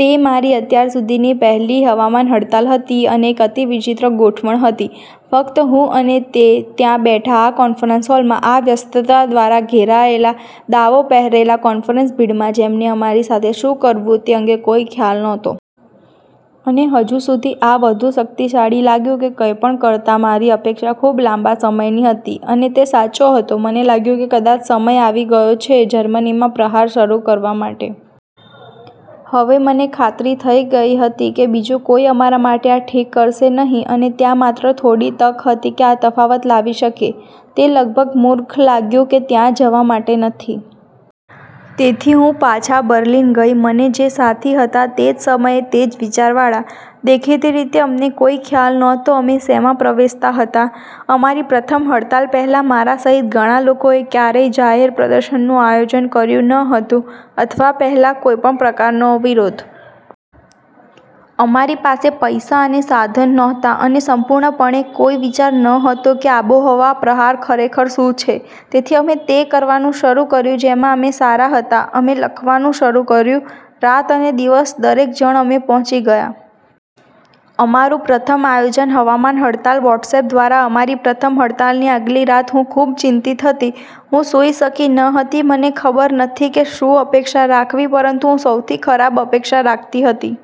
તે મારી અત્યાર સુધીની પહેલી હવામાન હડતાલ હતી અને એક અતિ વિચિત્ર ગોઠવણ હતી. ફક્ત હું અને તે ત્યાં બેઠા આ કોન્ફરન્સ હોલમાં. આ વ્યસ્તતા દ્વારા ઘેરાયેલા દાવો પહેરેલા કોન્ફરન્સ ભીડમાં જેમને અમારી સાથે શું કરવું તે અંગે કોઈ ખ્યાલ નહોતો. અને હજુ સુધી આ વધુ શક્તિશાળી લાગ્યું કે કંઈપણ કરતાં મારી અપેક્ષા ખૂબ લાંબા સમયની હતી. અને તે સાચો હતો મને લાગ્યું કે કદાચ સમય આવી ગયો છે જર્મનીમાં પ્રહાર શરૂ કરવા માટે. હવે મને ખાતરી થઈ ગઈ હતી કે બીજું કોઈ અમારા માટે આ ઠીક કરશે નહી અને ત્યાં માત્ર થોડી તક હતી કે આ તફાવત લાવી શકે. તે લગભગ મૂર્ખ લાગ્યું કે ત્યાં જવા માટે નથી. તેથી હું પાછા બર્લિન ગઈ. મને જે સાથી હતા તે તે જ સમયે તે જ વિચારવાળા. દેખીતી રીતે, અમને કોઈ ખ્યાલ નહોતો અમે શેમાં પ્રવેશતા હતા. અમારી પ્રથમ હડતાલ પહેલાં મારા સહિત ઘણા લોકોએ ક્યારેય જાહેર પ્રદર્શનનું આયોજન કર્યું ન હતું અથવા પહેલા કોઈપણ પ્રકારનો વિરોધ. અમારી પાસે પૈસા અને સાધન નહોતા અને સંપૂર્ણપણે કોઈ વિચાર ન હતો કે આબોહવા પ્રહાર ખરેખર શું છે. તેથી અમે તે કરવાનું શરૂ કર્યું જેમાં અમે સારા હતા. અમે લખવાનું શરૂ કર્યું. રાત અને દિવસ દરેક જણ અમે પહોંચી ગયા. અમારુ પ્રથમ આયોજન હવામાન હડતાલ વોટ્સએપ દ્વારા અમારી પ્રથમ હડતાલની આગલી રાત હું ખૂબ ચિંતિંત હતી. હું સૂઈ શકી ન હતી. મને ખબર નથી કે શું અપેક્ષા રાખવી પરંતુ હું સૌથી ખરાબ અપેક્ષા રાખતી હતી.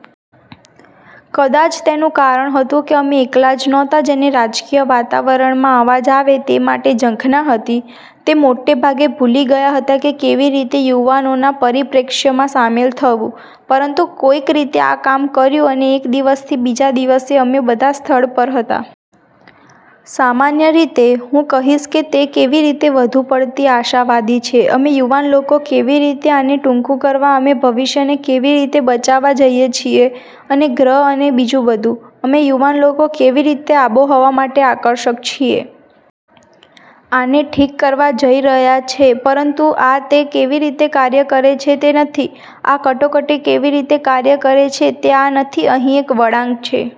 કદાચ તેનુ કારણ હતું કે અમે એકલા જ નહોતા જેને રાજકીય વાતાવરણમાં અવાજ આવે તે માટે ઝંખના હતી. તે મોટે ભાગે ભૂલી ગયા હતા કે કેવી રીતે યુવાનોના પરિપ્રેક્ષ્યમાં શામેલ થવું. પરંતુ કોઈક રીતે આ કામ કર્યું અને એક દિવસથી બીજા દિવસે અમે બધા સ્થળ પર હતા. સામાન્ય રીતે, હું કહીશ કે તે કેવી રીતે વધુ પડતી આશાવાદી છે. અમે યુવાન લોકો કેવી રીતે આને ટૂંકુ કરવા અમે ભવિષ્યને કેવી રીતે બચાવવા જઈએ છીએ અને ગ્રહ અને બીજું બધું. અમે યુવાન લોકો કેવી રીતે આબોહવા માટે આકર્ષક છીએ. આને ઠીક કરવા જઈ રહ્યા છે. પરંતુ આ તે કેવી રીતે કાર્ય કરે છે તે નથી. આ કટોકટી કેવી રીતે કાર્ય કરે છે તે આ નથી. અહીં એક વળાંક છે.